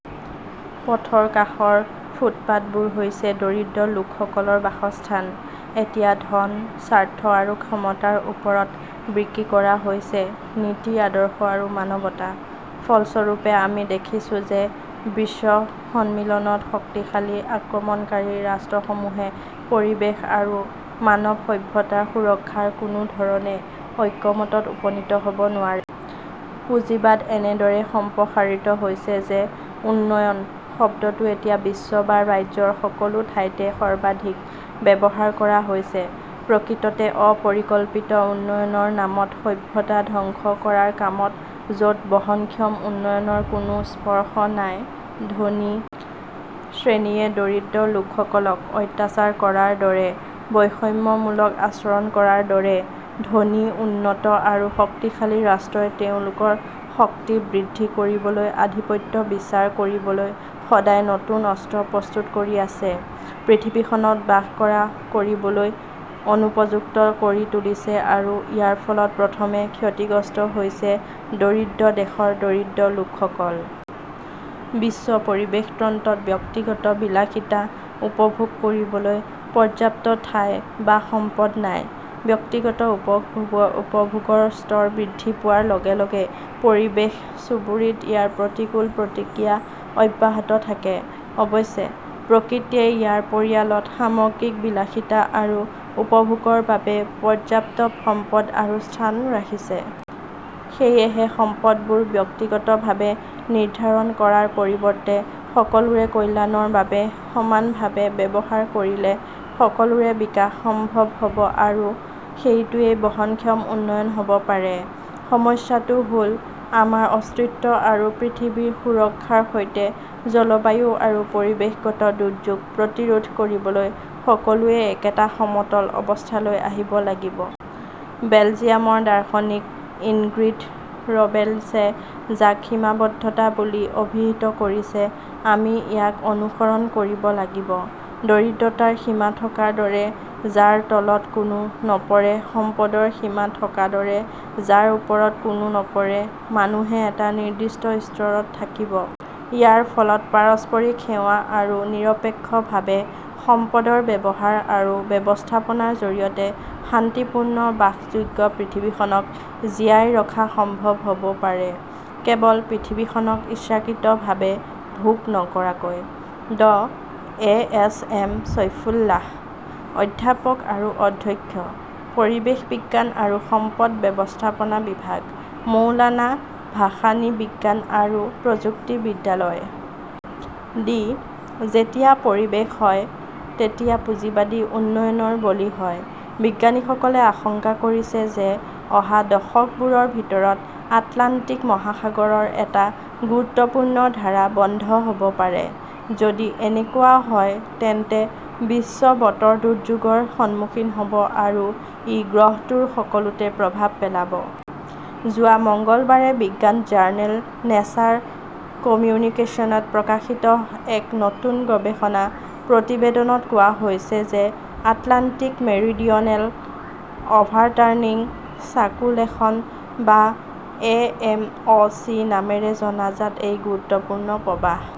পথৰ কাষৰ ফুটপাতবোৰ হৈছে দৰিদ্ৰ লোকসকলৰ বাসস্থান। এতিয়া ধন, স্বাৰ্থ আৰু ক্ষমতাৰ ওচৰত বিক্ৰী কৰা হৈছে নীতি-আদৰ্শ আৰু মানৱতা। ফলস্বৰূপে, আমি দেখিছোঁ যে বিশ্ব সন্মিলনত শক্তিশালী আক্ৰমণকাৰী ৰাষ্ট্ৰসমূহে পৰিৱেশ আৰু মানৱ সভ্যতাৰ সুৰক্ষাত কোনো ধৰণে ঐক্যমতত উপনীত হ "ব নোৱাৰে। পুঁজিবাদ এনেদৰে সম্প্ৰসাৰিত হৈছে যে 'উন্নয়ন "শব্দটো এতিয়া বিশ্ব বা ৰাজ্যৰ সকলো ঠাইতে সৰ্বাধিক ব্যৱহাৰ কৰা হৈছে। প্ৰকৃততে অপৰিকল্পিত উন্নয়নৰ নামত সভ্যতা ধ্বংস কৰাৰ কামত য 'ত বহনক্ষম উন্নয়নৰ কোনো স্পৰ্শ নাই। ধনী শ্ৰেণীয়ে দৰিদ্ৰ লোকসকলক অত্যাচাৰ কৰাৰ দৰে; বৈষম্যমূলক আচৰণ কৰাৰ দৰে; ধনী, উন্নত আৰু শক্তিশালী ৰাষ্ট্ৰই তেওঁলোকৰ শক্তি বৃদ্ধি কৰিবলৈ, আধিপত্য বিস্তাৰ কৰিবলৈ সদায় নতুন অস্ত্ৰ প্ৰস্তুত কৰি আছে; পৃথিৱীখনক বাস কৰিবলৈ অনুপযুক্ত কৰি তুলিছে আৰু ইয়াৰ ফলত প্ৰথমে ক্ষতিগ্ৰস্ত হৈছে দৰিদ্ৰ দেশৰ দৰিদ্ৰ লোকসকল। বিশ্ব পৰিৱেশ তন্ত্ৰত ব্যক্তিগত বিলাসিতা উপভোগ কৰিবলৈ পৰ্যাপ্ত ঠাই বা সম্পদ নাই। ব্যক্তিগত উপভোগৰ স্তৰ বৃদ্ধি পোৱাৰ লগে লগে পৰিৱেশ-চুবুৰীত ইয়াৰ প্ৰতিকূল প্ৰতিক্ৰিয়া অব্যাহত থাকে। অৱশ্যে, প্ৰকৃতিয়ে ইয়াৰ পৰিয়ালত সামগ্ৰিক বিলাসিতা আৰু উপভোগৰ বাবে পৰ্যাপ্ত সম্পদ আৰু স্থান ৰাখিছে। সেয়েহে সম্পদবোৰ ব্যক্তিগতভাৱে নিৰ্ধাৰণ কৰাৰ পৰিৱৰ্তে সকলোৰে কল্যাণৰ বাবে সমানভাৱে ব্যৱহাৰ কৰিলে সকলোৰে বিকাশ সম্ভৱ আৰু সেইটোৱেই বহনক্ষম উন্নয়ন হ 'ব পাৰে। সমস্যাটো হ 'ল, আমাৰ অস্তিত্ব আৰু পৃথিৱীৰ সুৰক্ষাৰ সৈতে জলবায়ু আৰু পৰিৱেশগত দুৰ্যোগ প্ৰতিৰোধ কৰিবলৈ সকলোৱে একেটা সমতল অৱস্থালৈ আহিব লাগিব। বেলজিয়ামৰ দাৰ্শনিক ইনগ্ৰিড ৰবেন্সে যাক 'সীমাবদ্ধতা "বুলি অভিহিত কৰিছে, আমি ইয়াক অনুসৰণ কৰিব লাগিব। দৰিদ্ৰতাৰ সীমা থকাৰ দৰে, যাৰ তলত কোনো নপৰে; সম্পদৰ সীমা থকাৰ দৰে, যাৰ ওপৰত কোনো নপৰে। মানুহে এটা নিৰ্দিষ্ট স্তৰত থাকিব। ইয়াৰ ফলত পাৰস্পৰিক সেৱা আৰু নিৰপেক্ষভাৱে সম্পদৰ ব্যৱহাৰ আৰু ব্যৱস্থাপনাৰ জৰিয়তে শান্তিপূৰ্ণ বাসযোগ্য পৃথিৱীখনক জীয়াই ৰখা সম্ভৱ হ "ব পাৰে, কেৱল পৃথিৱীখনক ইচ্ছাকৃতভাৱে ভোগ নকৰাকৈ। ড এ. এছ. এম. চৈফুল্লাঃ অধ্যাপক আৰু অধ্যক্ষ, পৰিৱেশ বিজ্ঞান আৰু সম্পদ ব্যৱস্থাপনা বিভাগ, মৌলানা ভাসানী বিজ্ঞান আৰু প্ৰযুক্তি বিশ্ববিদ্যালয় <আই. ডি.। যেতিয়া পৰিৱেশ হয় তেতিয়া পুঁজিবাদী উন্নয়নৰ বলি হয় বিজ্ঞানীসকলে আশংকা কৰিছে যে অহা দশকবোৰৰ ভিতৰত আটলাণ্টিক মহাসাগৰৰ এটা গুৰুত্বপূৰ্ণ ধাৰা বন্ধ হ 'ব পাৰে। যদি এনেকুৱা হয়, তেন্তে বিশ্ব বতৰ দুৰ্যোগৰ সন্মুখীন হ 'ব আৰু ই গ্ৰহটোৰ সকলোতে প্ৰভাৱ পেলাব। যোৱা মঙলবাৰে বিজ্ঞান জাৰ্নেল নেচাৰ কমিউনিকেশ্বনত প্ৰকাশিত এক নতুন গৱেষণা প্ৰতিবেদনত কোৱা হৈছে যে আটলাণ্টিক মেৰিডিয়নেল অভাৰটাৰ্ণিং চাৰ্কুলেশন বা এ. এম. অ ". চি. নামেৰে জনাজাত এই গুৰুত্বপূৰ্ণ প্ৰৱাহ